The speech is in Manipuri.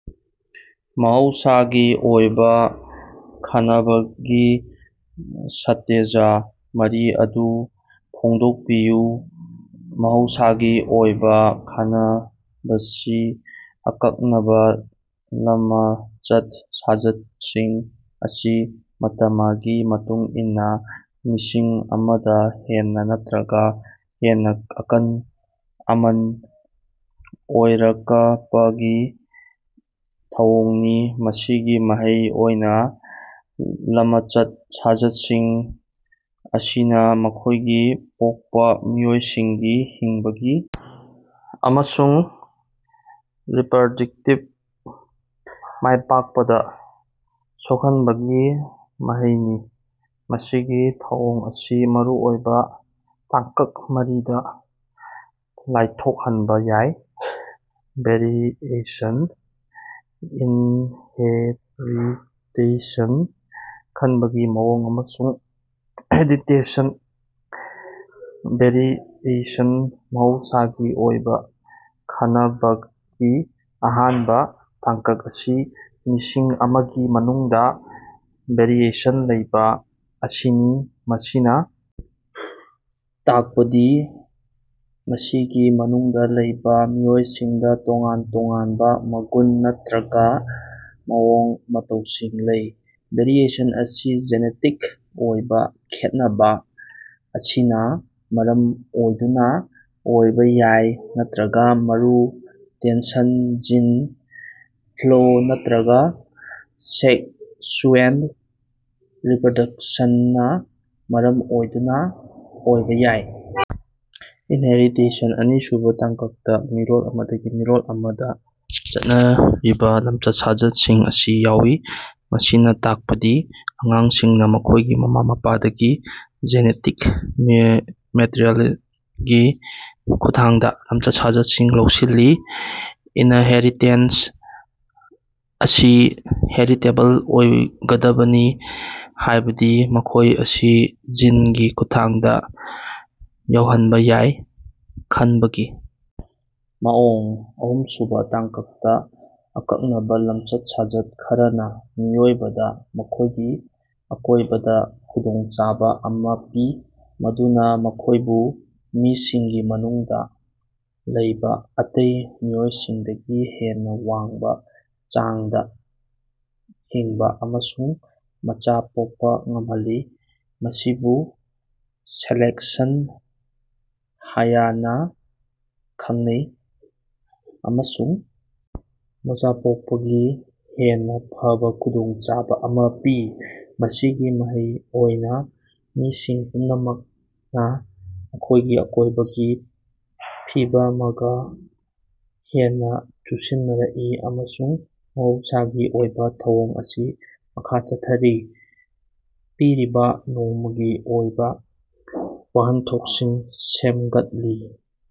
‎ꯃꯍꯧꯁꯥꯒꯤ ꯑꯣꯏꯕ ꯈꯅꯕꯒꯤ ꯁꯇꯦꯖ ꯃꯔꯤ ꯑꯗꯨ ꯐꯣꯡꯗꯣꯛꯄꯤꯌꯨ꯫ ꯃꯍꯧꯁꯥꯒꯤ ꯑꯣꯏꯕꯥ ꯈꯅꯕꯁꯤ ꯑꯀꯛꯅꯕꯥ ꯂꯃꯆꯠ-ꯁꯥꯖꯠꯁꯤꯡ ꯑꯁꯤ ꯃꯇꯃꯒꯤ ꯃꯇꯨꯡ ꯏꯟꯅꯥ ꯃꯤꯁꯤꯡ ꯑꯃꯗꯥ ꯍꯦꯟꯅꯥ ꯅꯠꯇ꯭ꯔꯒꯥ ꯍꯦꯟꯅꯥ ꯀꯃꯟ ꯑꯣꯏꯔꯀꯄꯒꯤ ꯊꯧꯑꯣꯡꯅꯤ, ꯃꯁꯤꯒꯤ ꯃꯍꯩ ꯑꯣꯏꯅꯥ ꯂꯃꯆꯠ-ꯁꯥꯖꯠꯁꯤꯡ ꯑꯁꯤꯅꯥ ꯃꯈꯣꯏꯒꯤ ꯄꯣꯛꯄꯥ ꯃꯤꯑꯣꯏꯁꯤꯡꯒꯤ ꯍꯤꯡꯕꯒꯤ ꯑꯃꯁꯨꯡ ꯔꯤꯄ꯭ꯔꯗꯛꯇꯤꯚ ꯃꯥꯏꯄꯥꯛꯄꯗ ꯁꯣꯛꯍꯟꯕꯒꯤ ꯃꯍꯩꯅꯤ꯫ ꯃꯁꯤꯒꯤ ꯊꯧꯑꯣꯡ ꯑꯁꯤ ꯃꯔꯨꯑꯣꯏꯕꯥ ꯇꯥꯡꯀꯛ ꯃꯔꯤꯗꯥ ꯂꯥꯏꯊꯣꯛꯍꯟꯕꯥ ꯌꯥꯏ: ꯚꯦꯔꯤꯑꯦꯁꯟ, ꯏꯟꯍꯦꯔꯤꯇꯦꯁꯟ, ꯈꯟꯕꯒꯤ ꯃꯑꯣꯡ ꯑꯃꯁꯨꯡ ꯑꯦꯗꯞꯇꯦꯁꯟ꯫ ꯚꯦꯔꯤꯑꯦꯁꯟ: ꯃꯍꯧꯁꯥꯒꯤ ꯑꯣꯏꯕꯥ ꯈꯅꯕꯒꯤ ꯑꯍꯥꯟꯕꯥ ꯇꯥꯡꯀꯛ ꯑꯁꯤ ꯃꯤꯁꯤꯡ ꯑꯃꯒꯤ ꯃꯅꯨꯡꯗꯥ ꯚꯦꯔꯤꯑꯦꯁꯟ ꯂꯩꯕꯥ ꯑꯁꯤꯅꯤ꯫ ꯃꯁꯤꯅꯥ ꯇꯥꯛꯄꯗꯤ ꯃꯁꯤꯡꯒꯤ ꯃꯅꯨꯡꯗꯥ ꯂꯩꯕꯥ ꯃꯤꯑꯣꯏꯁꯤꯡꯗꯥ ꯇꯣꯉꯥꯟ-ꯇꯣꯉꯥꯟꯕꯥ ꯃꯒꯨꯟ ꯅꯠꯇ꯭ꯔꯒꯥ ꯃꯑꯣꯡ - ꯃꯇꯧꯁꯤꯡ ꯂꯩ꯫ ꯚꯦꯔꯤꯑꯦꯁꯟ ꯑꯁꯤ ꯖꯦꯅꯦꯇꯤꯛ ꯑꯣꯏꯕꯥ ꯈꯦꯠꯅꯕꯥ ꯑꯁꯤꯅꯥ ꯃꯔꯝ ꯑꯣꯏꯗꯨꯅꯥ ꯑꯣꯏꯕꯥ ꯌꯥꯏ ꯅꯠꯇ꯭ꯔꯒꯥ ꯃ꯭ꯌꯨꯇꯦꯁꯟ ꯖꯤꯟ ꯐ꯭ꯂꯣ ꯅꯠꯇ꯭ꯔꯒꯥ ꯁꯦꯛꯁꯨꯑꯦꯜ ꯔꯤꯄ꯭ꯔꯗꯛꯁꯟꯅꯥ ꯃꯔꯝ ꯑꯣꯏꯗꯨꯅꯥ ꯑꯣꯏꯕꯥ ꯌꯥꯏ꯫ ꯏꯟꯍꯦꯔꯤꯇꯦꯁꯟ: ꯑꯅꯤꯁꯨꯕꯥ ꯇꯥꯡꯀꯛꯇꯥ ꯃꯤꯔꯣꯜ ꯑꯃꯗꯒꯤ ꯃꯤꯔꯣꯜ ꯑꯃꯗꯥ ꯆꯠꯅꯔꯤꯕꯥ ꯂꯝꯆꯠ-ꯁꯥꯖꯠꯁꯤꯡ ꯑꯁꯤ ꯌꯥꯎꯏ꯫ ꯃꯁꯤꯅꯥ ꯇꯥꯛꯄꯗꯤ ꯑꯉꯥꯡꯁꯤꯡꯅꯥ ꯃꯈꯣꯏꯒꯤ ꯃꯃꯥ-ꯃꯄꯥꯗꯒꯤ ꯖꯦꯅꯦꯇꯤꯛ ꯃꯦꯇꯔꯤꯑꯦꯜꯒꯤ ꯈꯨꯠꯊꯥꯡꯗꯥ ꯂꯝꯆꯠ-ꯁꯥꯖꯠꯁꯤꯡ ꯂꯧꯁꯤꯜꯂꯤ꯫ ꯏꯅꯍꯦꯔꯤꯇꯦꯟ ꯑꯁꯤ ꯍꯦꯔꯤꯇꯦꯕꯜ ꯑꯣꯏꯒꯗꯕꯅꯤ ꯍꯥꯏꯕꯗꯤ ꯃꯈꯣꯏ ꯑꯁꯤ ꯖꯤꯟꯒꯤ ꯈꯨꯠꯊꯥꯡꯗꯥ ꯌꯧꯍꯟꯕꯥ ꯌꯥꯏ꯫ ꯈꯟꯕꯒꯤ ‎ ꯃꯑꯣꯡ: ꯑꯍꯨꯝꯁꯨꯕꯥ ꯇꯥꯡꯀꯛꯇꯥ ꯑꯀꯛꯅꯕꯥ ꯂꯝꯆꯠ-ꯁꯥꯖꯠ ꯈꯔꯅꯥ ꯃꯤꯑꯣꯏꯕꯗꯥ ꯃꯈꯣꯏꯒꯤ ꯑꯀꯣꯏꯕꯗꯥ ꯈꯨꯗꯣꯡꯆꯥꯕꯥ ꯑꯃꯥ ꯄꯤ, ꯃꯗꯨꯅꯥ ꯃꯈꯣꯏꯕꯨ ꯃꯤꯁꯤꯡꯒꯤ ꯃꯅꯨꯡꯗꯥ ꯂꯩꯕꯥ ꯑꯇꯩ ꯃꯤꯑꯣꯏꯁꯤꯡꯗꯒꯤ ꯍꯦꯟꯅꯥ ꯋꯥꯡꯕꯥ ꯆꯥꯡꯗꯥ ꯍꯤꯡꯕꯥ ꯑꯃꯁꯨꯡ ꯃꯆꯥ ꯄꯣꯛꯄꯥ ꯉꯝꯍꯜꯂꯤ꯫ ꯃꯁꯤꯕꯨ ꯁꯦꯂꯦꯛꯁꯟ ꯍꯥꯌꯅꯥ ꯈꯪꯅꯩ, ꯑꯃꯁꯨꯡ ꯃꯆꯥ ꯄꯣꯛꯄꯒꯤ ꯍꯦꯟꯅꯥ ꯐꯕꯥ ꯈꯨꯗꯣꯡꯆꯥꯕꯥ ꯑꯃꯥ ꯄꯤ꯫ ꯃꯁꯤꯒꯤ ꯃꯍꯩ ꯑꯣꯏꯅꯥ ꯃꯤꯁꯤꯡ ꯄꯨꯝꯅꯃꯛꯅꯥ ꯃꯈꯣꯏꯒꯤ ꯑꯀꯣꯏꯕꯒꯤ ꯐꯤꯕꯃꯒꯥ ꯍꯦꯟꯅꯥ ꯆꯨꯁꯤꯟꯅꯔꯛꯏ ꯑꯃꯁꯨꯡ ꯃꯍꯧꯁꯥꯒꯤ ꯑꯣꯏꯕꯥ ꯊꯧꯑꯣꯡ ꯑꯁꯤ ꯃꯈꯥ ꯆꯠꯊꯔꯤ꯫ ꯄꯤꯔꯤꯕꯥ ꯅꯣꯡꯃꯒꯤ ꯑꯣꯏꯕꯥ ꯋꯥꯍꯟꯊꯣꯛꯁꯤꯡ ꯁꯦꯝꯒꯠꯂꯤ꯫